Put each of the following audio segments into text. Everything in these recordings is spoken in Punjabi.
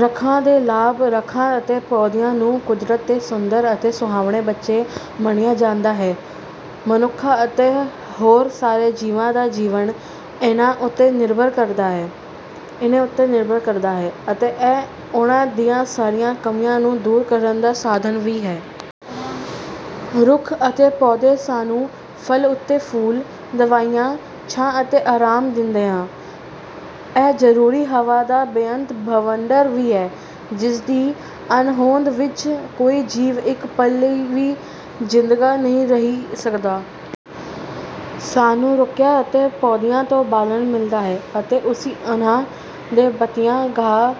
ਰੁੱਖਾਂ ਦੇ ਲਾਭ ਰੁੱਖਾਂ ਅਤੇ ਪੌਦਿਆਂ ਨੂੰ ਕੁਦਰਤ ਦੇ ਸੁੰਦਰ ਅਤੇ ਸੁਹਾਵਣੇ ਬੱਚੇ ਮੰਨਿਆ ਜਾਂਦਾ ਹੈ। ਮਨੁੱਖਾਂ ਅਤੇ ਹੋਰ ਸਾਰੇ ਜੀਵਾਂ ਦਾ ਜੀਵਨ ਇਹਨਾਂ ਉੱਤੇ ਨਿਰਭਰ ਕਰਦਾ ਹੈ। ਅਤੇ ਇਹ ਉਹਨਾਂ ਦੀਆਂ ਸਾਰੀਆਂ ਕਮੀਆਂ ਨੂੰ ਦੂਰ ਕਰਨ ਦਾ ਸਾਧਨ ਵੀ ਹੈ। ਰੁੱਖ ਅਤੇ ਪੌਦੇ ਸਾਨੂੰ ਫਲ ਅਤੇ ਫੁੱਲ, ਦਵਾਈਆਂ, ਛਾਂ ਅਤੇ ਆਰਾਮ ਦਿੰਦੇ ਹਨ। ਇਹ ਜ਼ਰੂਰੀ ਹਵਾ ਦਾ ਬੇਅੰਤ ਭੰਡਾਰ ਵੀ ਹੈ। ਜਿਸ ਦੀ ਅਣਹੋਂਦ ਵਿੱਚ ਕੋਈ ਜੀਵ ਇੱਕ ਪਲ ਲਈ ਵੀ ਜ਼ਿੰਦਾ ਨਹੀਂ ਰਹਿ ਸਕਦਾ। ਸਾਨੂੰ ਰੁੱਖਾਂ ਅਤੇ ਪੌਦਿਆਂ ਤੋਂ ਬਾਲਣ ਮਿਲਦਾ ਹੈ। ਅਤੇ ਅਸੀਂ ਉਹਨਾਂ ਦੇ ਪੱਤਿਆਂ, ਘਾ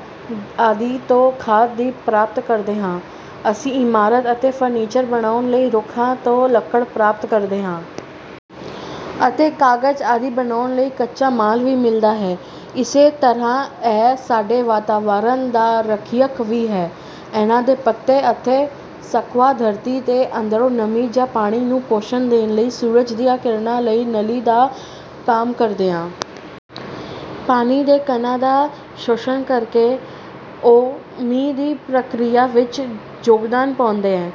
ਆਦਿ ਤੋਂ ਖਾਦ ਵੀ ਪ੍ਰਾਪਤ ਕਰਦੇ ਹਾਂ। ਅਸੀਂ ਇਮਾਰਤਾਂ ਅਤੇ ਫਰਨੀਚਰ ਬਣਾਉਣ ਲਈ ਰੁੱਖਾਂ ਤੋਂ ਲੱਕੜ ਪ੍ਰਾਪਤ ਕਰਦੇ ਹਾਂ। ਅਤੇ ਕਾਗਜ਼ ਆਦਿ ਬਣਾਉਣ ਲਈ ਕੱਚਾ ਮਾਲ ਵੀ ਮਿਲਦਾ ਹੈ। ਇਸੇ ਤਰ੍ਹਾਂ ਇਹ ਸਾਡੇ ਵਾਤਾਵਰਨ ਦਾ ਰੱਖਿਅਕ ਵੀ ਹਨ. ਇਨ੍ਹਾਂ ਦੇ ਪੱਤੇ ਅਤੇ ਸ਼ਾਖਾਵਾਂ ਧਰਤੀ ਦੇ ਅੰਦਰੋਂ ਨਮੀ ਜਾਂ ਪਾਣੀ ਨੂੰ ਪੋਸ਼ਣ ਦੇਣ ਲਈ ਸੂਰਜ ਦੀਆਂ ਕਿਰਨਾਂ ਲਈ ਨਲੀ ਦਾ ਕੰਮ ਕਰਦੀਆਂ ਹਨ। ਪਾਣੀ ਦੇ ਕਣਾਂ ਦਾ ਸ਼ੋਸ਼ਣ ਕਰਕੇ, ਉਹ ਮੀਂਹ ਦੀ ਪ੍ਰਕਿਰਿਆ ਵਿੱਚ ਯੋਗਦਾਨ ਪਾਉਂਦੇ ਹਨ।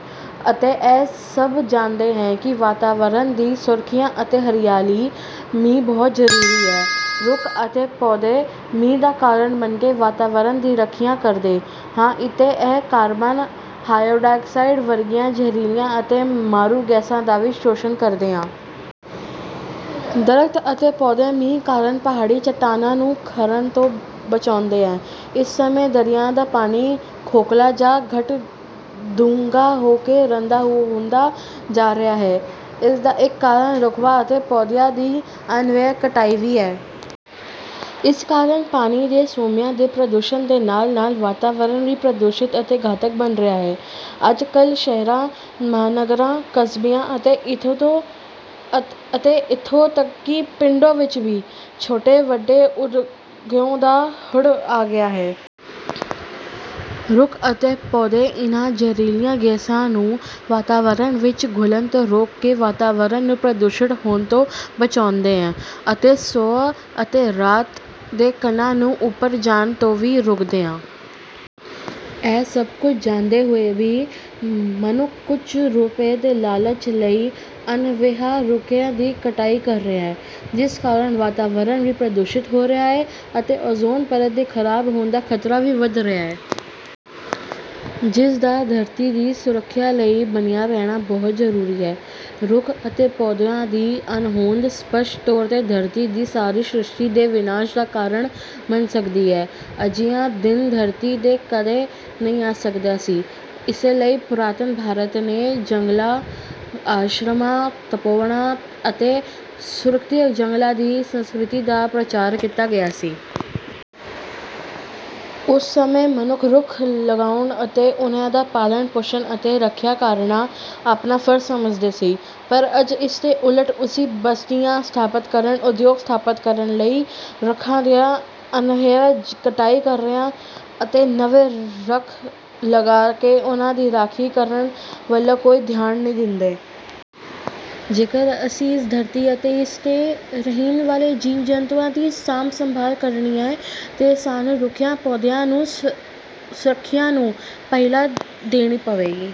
ਅਤੇ ਇਹ ਸਭ ਜਾਣਦੇ ਹਨ ਕਿ ਵਾਤਾਵਰਨ ਦੀ ਸੁਰੱਖਿਆ ਅਤੇ ਹਰਿਆਲੀ ਲਈ ਮੀਂਹ ਬਹੁਤ ਜ਼ਰੂਰੀ ਹੈ। ਰੁੱਖ ਅਤੇ ਪੌਦੇ ਮੀਂਹ ਦਾ ਕਾਰਨ ਬਣ ਕੇ ਵਾਤਾਵਰਣ ਦੀ ਰੱਖਿਆ ਕਰਦੇ ਹਨ ਅਤੇ ਇਹ ਕਾਰਬਨ ਡਾਈਆਕਸਾਈਡ ਵਰਗੀਆਂ ਜ਼ਹਿਰੀਲੀਆਂ ਅਤੇ ਮਾਰੂ ਗੈਸਾਂ ਦਾ ਵੀ ਸ਼ੋਸ਼ਣ ਕਰਦੇ ਹਨ। ਦਰੱਖਤ ਅਤੇ ਪੌਦੇ ਮੀਂਹ ਕਾਰਨ ਪਹਾੜੀ ਚਟਾਨਾਂ ਨੂੰ ਹੜਨ ਤੋਂ ਬਚਾਉਂਦੇ ਹਨ। ਇਸ ਸਮੇਂ ਦਰਿਆਵਾਂ ਦਾ ਪਾਣੀ ਖੋਖਲਾ ਜਾਂ ਘੱਟ ਡੂੰਘਾ ਹੋ ਕੇ ਗੰਦਾ ਹੁੰਦਾ ਜਾ ਰਿਹਾ ਹੈ, ਇਸ ਦਾ ਇੱਕ ਕਾਰਨ ਰੁੱਖਾਂ ਅਤੇ ਪੌਦਿਆਂ ਦੀ ਅੰਨ੍ਹੇਵਾਹ ਕਟਾਈ ਵੀ ਹੈ। ਇਸ ਕਾਰਨ ਪਾਣੀ ਦੇ ਸੋਮਿਆਂ ਦੇ ਪ੍ਰਦੂਸ਼ਣ ਦੇ ਨਾਲ-ਨਾਲ ਵਾਤਾਵਰਣ ਵੀ ਪ੍ਰਦੂਸ਼ਿਤ ਅਤੇ ਘਾਤਕ ਬਣ ਰਿਹਾ ਹੈ। ਅੱਜ ਕੱਲ੍ਹ ਸ਼ਹਿਰਾਂ, ਮਹਾਨਗਰਾਂ, ਕਸਬਿਆਂ ਅਤੇ ਇੱਥੋਂ ਤੱਕ ਕਿ ਪਿੰਡਾਂ ਵਿੱਚ ਵੀ ਛੋਟੇ-ਵੱਡੇ ਉਦਯੋਗਾਂ ਦਾ ਹੜ੍ਹ ਆ ਗਿਆ ਹੈ। ਰੁੱਖ ਅਤੇ ਪੌਦੇ ਇਨ੍ਹਾਂ ਜ਼ਹਿਰੀਲੀਆਂ ਗੈਸਾਂ ਨੂੰ ਵਾਤਾਵਰਣ ਵਿੱਚ ਘੁਲਣ ਤੋਂ ਰੋਕ ਕੇ ਵਾਤਾਵਰਣ ਨੂੰ ਪ੍ਰਦੂਸ਼ਿਤ ਹੋਣ ਤੋਂ ਬਚਾਉਂਦੇ ਹਨ ਅਤੇ ਸੁਆਹ ਅਤੇ ਰੇਤ ਦੇ ਕਣਾਂ ਨੂੰ ਉੱਪਰ ਜਾਣ ਤੋਂ ਵੀ ਰੋਕਦੇ ਹਨ। ਇਹ ਸਭ ਕੁਝ ਜਾਣਦੇ ਹੋਏ ਵੀ ਮਨੁੱਖ ਕੁਝ ਰੁਪਏ ਦੇ ਲਾਲਚ ਲਈ ਅੰਨ੍ਹੇਵਾਹ ਰੁੱਖਾਂ ਦੀ ਕਟਾਈ ਕਰ ਰਿਹਾ ਹੈ। ਜਿਸ ਕਾਰਨ ਵਾਤਾਵਰਨ ਵੀ ਪ੍ਰਦੂਸ਼ਿਤ ਹੋ ਰਿਹਾ ਹੈ ਅਤੇ ਓਜ਼ੋਨ ਪਰਤ ਦੇ ਖ਼ਰਾਬ ਹੋਣ ਦਾ ਖ਼ਤਰਾ ਵੀ ਵੱਧ ਰਿਹਾ ਹੈ। ਜਿਸ ਦਾ ਧਰਤੀ ਦੀ ਸੁਰੱਖਿਆ ਲਈ ਬਣਿਆ ਰਹਿਣਾ ਬਹੁਤ ਜ਼ਰੂਰੀ ਹੈ। ਰੁੱਖਾਂ ਅਤੇ ਪੌਦਿਆਂ ਦੀ ਅਣਹੋਂਦ ਸਪੱਸ਼ਟ ਤੌਰ 'ਤੇ ਧਰਤੀ ਦੀ ਸਾਰੀ ਸ੍ਰਿਸ਼ਟੀ ਦੇ ਵਿਨਾਸ਼ ਦਾ ਕਾਰਨ ਬਣ ਸਕਦੀ ਹੈ। ਅਜਿਹਾ ਦਿਨ ਧਰਤੀ 'ਤੇ ਕਦੇ ਨਹੀਂ ਆ ਸਕਦਾ ਸੀ, ਇਸੇ ਲਈ ਪੁਰਾਤਨ ਭਾਰਤ ਦੇ ਜੰਗਲਾਂ, ਆਸ਼ਰਮਾਂ, ਤਪੋਵਨਾਂ ਅਤੇ ਸੁਰੱਖਿਅਤ ਜੰਗਲਾਂ ਦੀ ਸੰਸਕ੍ਰਿਤੀ ਦਾ ਪ੍ਰਚਾਰ ਕੀਤਾ ਗਿਆ ਸੀ। ਉਸ ਸਮੇਂ ਮਨੁੱਖ ਰੁੱਖ ਲਗਾਉਣਾ ਅਤੇ ਉਨ੍ਹਾਂ ਦਾ ਪਾਲਣ ਪੋਸ਼ਣ ਅਤੇ ਰੱਖਿਆ ਕਰਨਾ ਆਪਣਾ ਫਰਜ਼ ਸਮਝਦਾ ਸੀ। ਪਰ ਅੱਜ ਇਸ ਦੇ ਉਲਟ ਅਸੀਂ ਬਸਤੀਆਂ ਸਥਾਪਤ ਕਰਨ, ਉਦਯੋਗ ਸਥਾਪਤ ਕਰਨ ਲਈ ਰੁੱਖਾਂ ਦੀ ਅੰਨ੍ਹੇਵਾਹ ਕਟਾਈ ਕਰ ਰਹੇ ਹਾਂ ਅਤੇ ਨਵੇਂ ਰੁੱਖ ਲਗਾ ਕੇ ਉਨ੍ਹਾਂ ਦੀ ਰਾਖੀ ਕਰਨ ਵੱਲ ਕੋਈ ਧਿਆਨ ਨਹੀਂ ਦਿੰਦੇ। ਜੇਕਰ ਅਸੀਂ ਇਸ ਧਰਤੀ ਅਤੇ ਇਸ 'ਤੇ ਰਹਿਣ ਵਾਲੇ ਜੀਵ-ਜੰਤੂਆਂ ਦੀ ਸਾਂਭ-ਸੰਭਾਲ ਕਰਨੀ ਹੈ ਤਾਂ ਸਾਨੂੰ ਰੁੱਖਾਂ-ਪੌਦਿਆਂ ਦੀ ਸੁਰੱਖਿਆ ਨੂੰ ਪਹਿਲ ਦੇਣੀ ਪਵੇਗੀ।